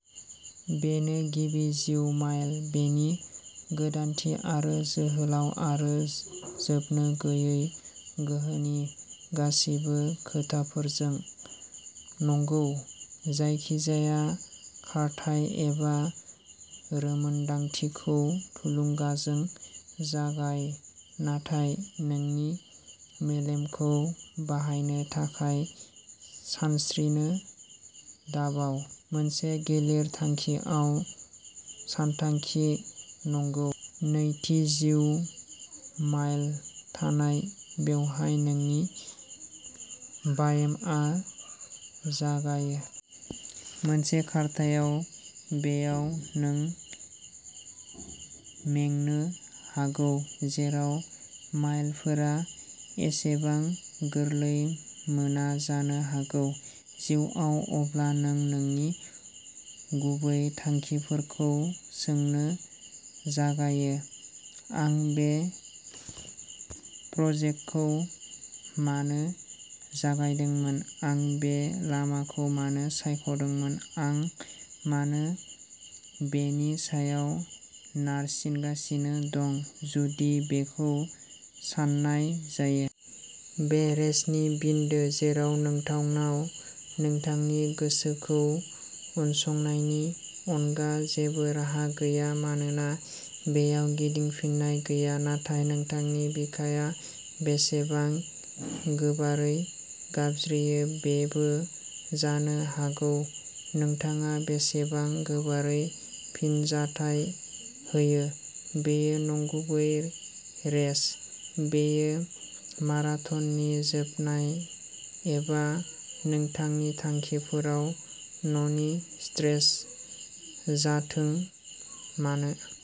बेनो गिबि जिउ माइल, बिनि गोदानथि आरो जोहोलाव आरो जोबनो गैयै गोहोनि गासिबो खोथाफोरजों। नंगौ, जायखिजाया खारथाइ एबा रोंमोनदांथिखौ थुलुंगाजों जागाय नाथाय नोंनि मेलेमखौ बाहायनो थाखाय सानस्रिनो दाबाव। मोनसे गिलिर थांखिआव सानथांखि नंगौ। नैथि जि माइल, नाथाय बेवहाय नोंनि बायेमआ जागायो। मोनसे खारथायाव, बेयाव नों मेंनो हागौ, जेराव माइलफोरा एसेबां गोरलै मोना जानो हागौ। जिउआव अब्ला नों नोंनि गुबै थांखिफोरखौ सोंनो जागायो। आं बे प्रजेक्टखौ मानो जागायदोंमोन? आं बे लामाखौ मानो सायख'दोंमोन? आं मानो बेनि सायाव नारसिनगासिनो दं जुदि बेखौ सान्नाय जायो। बे रेसनि बिन्दो जेराव नोंथांनाव नोंथांनि गोसोखौ उनसंनायनि अनगा जेबो राहा गैया मानोना बेयाव गिदिंफिननाय गैया। नाथाय नोंथांनि बिखाआ बेसेबां गोबारै गाबज्रियो बेबो जानो हागौ नोंथाङा बेसेबां गोबारै फिनजाथाय होयो। बेयो नंगुबै रेस, बेयो माराथाननि जोबनाय एबा नोंथांनि थांखिफोराव न'नि स्ट्रेच जाथों मानो।